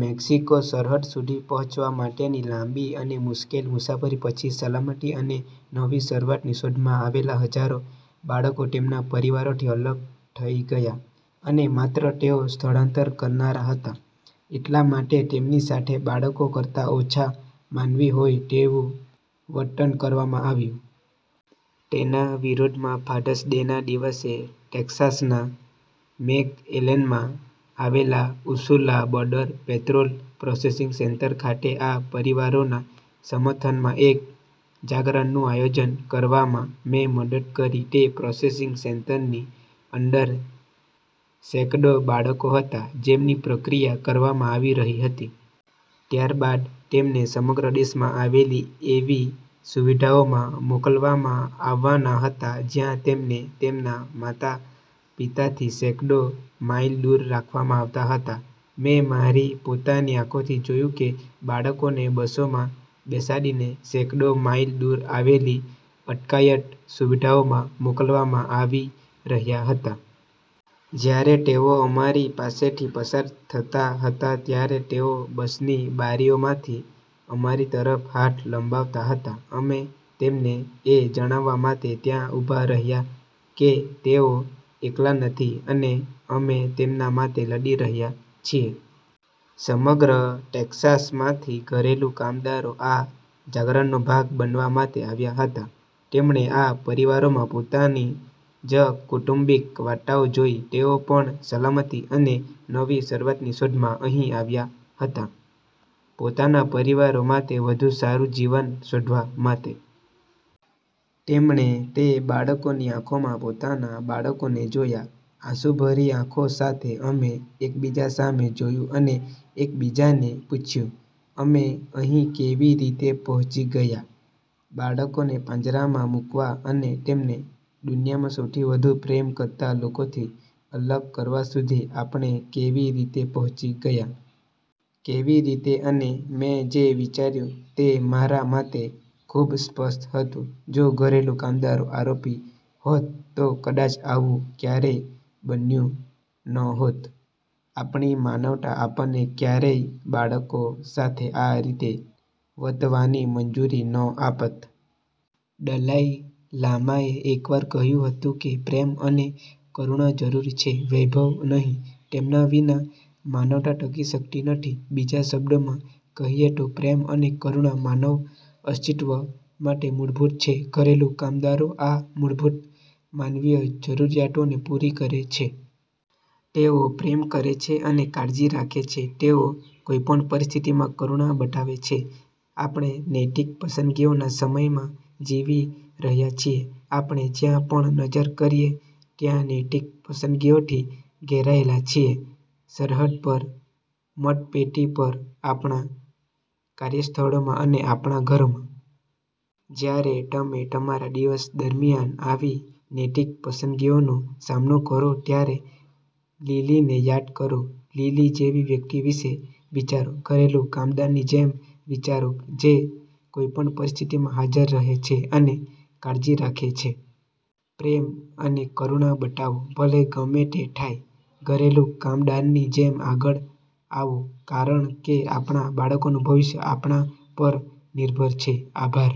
Mexico સરહદ સુધી પહોંચવા માટેની લાંબી અને મુશ્કેલ મુસાફરી પછી, સલામતી અને નવી શરૂઆતની શોધમાં આવેલા હજારો બાળકો તેમના પરિવારોથી અલગ થઈ ગયા. અને માત્ર તેઓ સ્થળાંતર કરનારા હતા એટલા માટે તેમની સાથે બાળકો કરતાં ઓછા માનવી હોય તેવું વર્તન કરવામાં આવ્યું. તેના વિરોધમાં, ફાધર્સ ડેના દિવસે ટેક્સાસના મેકએલેનમાં આવેલા Ursula border patrol processing centre ખાતે આ પરિવારોના સમર્થનમાં એક જાગરણનું આયોજન કરવામાં મેં મદદ કરી. તે પ્રોસેસિંગ સેન્ટરની અંદર સેંકડો બાળકો હતા, જેમની પ્રક્રિયા કરવામાં આવી રહી હતી. ત્યારબાદ તેમને સમગ્ર દેશમાં આવેલી એવી સુવિધાઓમાં મોકલવામાં આવવાના હતા, જ્યાં તેમને તેમના માતા-પિતાથી સેંકડો માઇલ દૂર રાખવામાં આવતા હતા. મેં મારી પોતાની આંખોથી જોયું કે બાળકોને બસોમાં બેસાડીને સેંકડો માઇલ દૂર આવેલી અટકાયત સુવિધાઓમાં મોકલવામાં આવી રહ્યા હતા. જ્યારે તેઓ અમારી પાસેથી પસાર થતા હતા, ત્યારે તેઓ બસની બારીઓમાંથી અમારી તરફ હાથ લંબાવતા હતા. અમે તેમને એ જણાવવા માટે ત્યાં ઊભા રહ્યા કે તેઓ એકલા નથી અને અમે તેમના માટે લડી રહ્યા છીએ. સમગ્ર ટેક્સાસમાંથી ઘરેલું કામદારો આ જાગરણનો ભાગ બનવા માટે આવ્યા હતા. તેમણે આ પરિવારોમાં પોતાની જ કૌટુંબિક વાર્તાઓ જોઈ. તેઓ પણ સલામતી અને નવી શરૂઆતની શોધમાં અહીં આવ્યા હતા, પોતાના પરિવારો માટે વધુ સારું જીવન શોધવા માટે. તેમણે તે બાળકોની આંખોમાં પોતાના બાળકોને જોયા. આંસુભરી આંખો સાથે અમે એકબીજા સામે જોયું અને એકબીજાને પૂછ્યું, “અમે અહીં કેવી રીતે પહોંચી ગયા? બાળકોને પાંજરામાં મૂકવા અને તેમને દુનિયામાં સૌથી વધુ પ્રેમ કરતા લોકોથી અલગ કરવા સુધી આપણે કેવી રીતે પહોંચી ગયા?” કેવી રીતે? અને મેં જે વિચાર્યું તે મારા માટે ખૂબ સ્પષ્ટ હતું: જો ઘરેલું કામદારો આરોપી હોત, તો કદાચ આવું ક્યારેય બન્યું ન હોત. આપણી માનવતા આપણને ક્યારેય બાળકો સાથે આ રીતે વર્તવાની મંજૂરી ન આપત. દલાઈ લામાએ એકવાર કહ્યું હતું કે પ્રેમ અને કરુણા જરૂરી છે, વૈભવ નહીં. તેમના વિના માનવતા ટકી શકતી નથી. બીજા શબ્દોમાં કહીએ તો, પ્રેમ અને કરુણા માનવ અસ્તિત્વ માટે મૂળભૂત છે. ઘરેલું કામદારો આ મૂળભૂત માનવીય જરૂરિયાતોને પૂરી કરે છે. તેઓ પ્રેમ કરે છે અને કાળજી રાખે છે. તેઓ કોઈપણ પરિસ્થિતિમાં કરુણા બતાવે છે. આપણે નૈતિક પસંદગીઓના સમયમાં જીવી રહ્યા છીએ. આપણે જ્યાં પણ નજર કરીએ ત્યાં નૈતિક પસંદગીઓથી ઘેરાયેલા છીએ—સરહદ પર, મતપેટી પર, આપણા કાર્યસ્થળોમાં અને આપણા ઘરોમાં. જ્યારે તમે તમારા દિવસ દરમિયાન આવી નૈતિક પસંદગીઓનો સામનો કરો, ત્યારે લિલીને યાદ કરો. લિલી જેવી વ્યક્તિ વિશે વિચારો. ઘરેલું કામદારની જેમ વિચારો, જે કોઈપણ પરિસ્થિતિમાં હાજર રહે છે અને કાળજી રાખે છે. પ્રેમ અને કરુણા બતાવો, ભલે ગમે તે થાય. ઘરેલું કામદારની જેમ આગળ આવો, કારણ કે આપણા બાળકોનું ભવિષ્ય આપણા પર નિર્ભર છે. આભાર.